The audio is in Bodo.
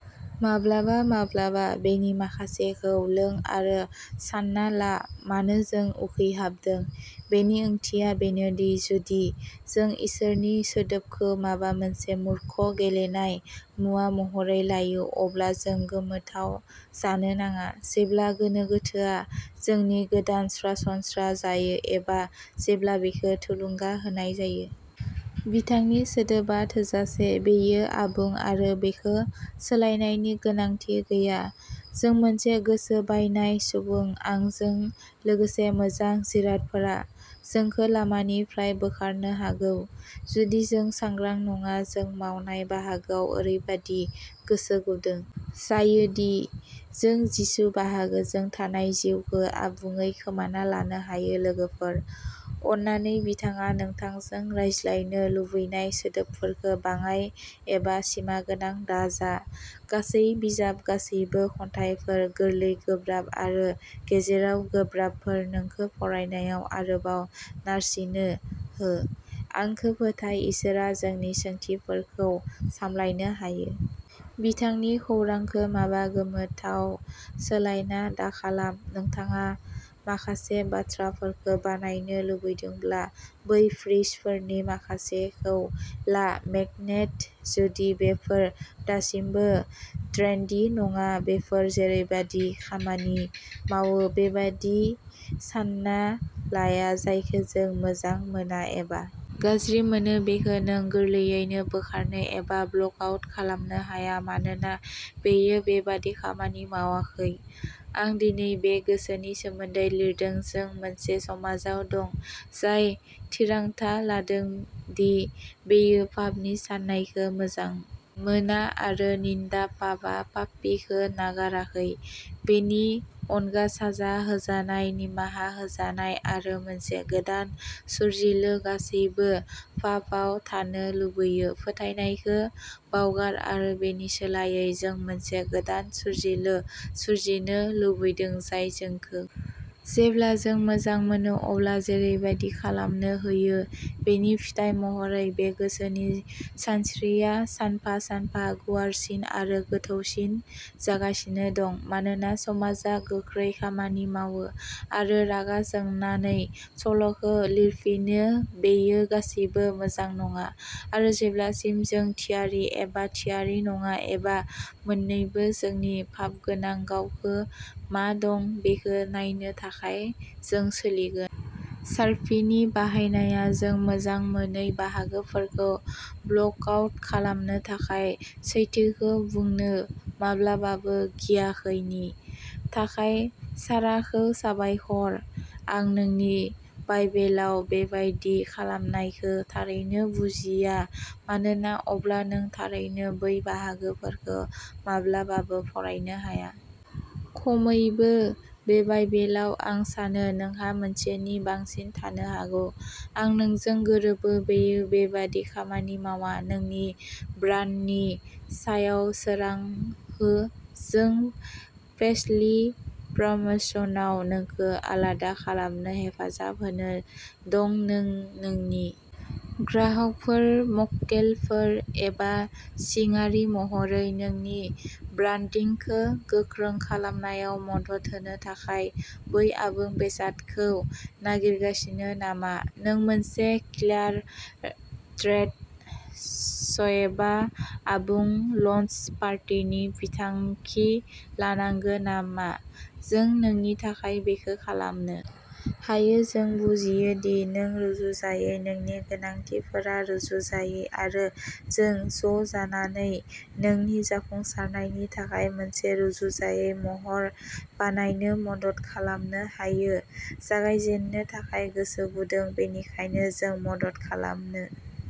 माब्लाबा माब्लाबा बेनि माखासेखौ लों आरो सानना ला मानो जों उखैहाबदों बेनि ओंथिया बेनोदि जुदि जों इसोरनि सोदोबखौ माबा मोनसे मूर्ख गेलेनाय मुवा महरै लायो अब्ला जों गोमोथाव जानो नाङा जेब्ला गोनो गोथोआ जोंनि गोदान सरासनस्रा जायो एबा जेब्ला बेखौ थुलुंगा होनाय जायो। बिथांनि सोदोबआ थोजासे बेयो आबुं आरो बेखौ सोलायनायनि गोनांथि गैया जों मोनसे गोसो बायनाय सुबुं आंजों लोगोसे मोजां जिरादफोरा जोंखौ लामानिफ्राय बोखारनो हागौ जुदि जों सांग्रां नङा जों मावनाय बाहागोआव ओरैबादि गोसो गुदुं जायो दि जों जिसु बाहागोजों थानाय जिउखौ आबुङै खोमाना लानो हायो लोगोफोर अन्नानै बिथाङा नोंथांजों रायज्लायनो लुबैनाय सोदोबफोरखौ बाङाइ एबा सिमागोनां दाजा गासै बिजाब गासैबो खन्थाइफोर गोरलै गोब्राब आरो गेजेराव गोब्राबफोरा नोंखौ फरायनायाव आरोबाव नारसिनो हो आंखौ फोथाय इसोरआ जोंनि सोंथिफोरखौ सामलायनो हायो। बिथांनि खौरांखौ माबा गोमोथावाव सोलायना दाखालाम नोंथाङा माखासे बाथ्राफोरखौ बानायनो लुबैदोंब्ला बै फ्रिजफोरनि माखासेखौ ला मेगनेट जुदि बेफोर दासिमबो ट्रेन्डी नङा बेफोर जेरैबादि खामानि मावो बेबादि सानना लाया जायखौ नों मोजां मोना एबा गाज्रि मोनो बेखौ नों गोरलैयैनो बोखारनो एबा ब्लेक आउट खालामनो हाया मानोना बेयो बेबादि खामानि मावाखै आं दिनै बे गोसोनि सोमोन्दै लिरदोंजों मोनसे समाजाव दं जाय थिरांथा लादों दि बियो पापनि साननायखौ मोजां मोना आरो निन्दा पापआ पापीखौ नागाराखै बेनि अनगा साजा होजानाय निमाहा होजानाय आरो मोनसे गोदान सोरजिलु गासैबो पापआव थानो लुबैयो फोथायनायखौ बावगार आरो बेनि सोलायै जों मोनसे गोदान सोरजिलु सोरजिनो लुबैदों जाय जोंखौ जेब्ला जों मोजां मोनो अब्ला जेरैबादि खालामनो होयो बेनि फिथाइ महरै बे गोसोनि सानस्रिया सानफा सानफा गुवारसिन आरो गोथौसिन जागासिनो दं मानोना समाजआ गोख्रै खामानि मावो आरो रागा जोंनानै सल'खौ लिरफिनो बेयो गासिबो मोजां नङा आरो जेब्लासिम जों थियारि एबा थियारि नङा एबा मोननैबो जोंनि पापगोनां गावखौ मा दं बेखौ नायनो थाखाय जों सोलिगोन। शार्पिनि बाहायनाया जों मोजां मोनै बाहागोफोरखौ ब्लेक आउट खालामनो थाखाय सैथोखौ बुंनो माब्लाबाबो गियाखैनि थाखाय शाराखौ साबायखर आं नोंनि बाइबेलाव बेबादि खालामनायखौ थारैनो बुजिया मानोना अब्ला नों थारैनो बै बाहागोफोरखौ माब्लाबाबो फरायनो हाया खमैबो बै बाइबेलाव आं सानो नोंहा मोनसेनि बांसिन थानो हागौ आं नोंजों गोरोबो बेयो बेबादि खामानि मावा नोंनि ब्रान्डनि सायाव सोरां हो जों पेसलि प्रमशनआव नोंखौ आलादा खालामनो हेफाजाब होनो दं नों नोंनि ग्राहकफोर मक्केलफोर एबा सिंआरि महरै नोंनि ब्रान्डिंखौ गोख्रों खालामनायाव मदद होनो थाखाय बै आबुं बेसादखौ नागिरगासिनो नामा नों मोनसे किलार ट्रेड श'एबा आबुं लन्च पार्टिनि बिथांखि लानांगौ नामा जों नोंनि थाखाय बेखौ खालामनो हायो जों बुजियो दि नों रुजुजायै नोंनि गोनांथिफोरा रुजुजायै आरो जों ज'जानानै नोंनि जाफुंसारनायनि थाखाय मोनसे रुजुजायै महर बानायनो मदद खालामनो हायो जागायजेननो थाखाय गोसो गुदुं बेनिखायनो जों मदद खालामनो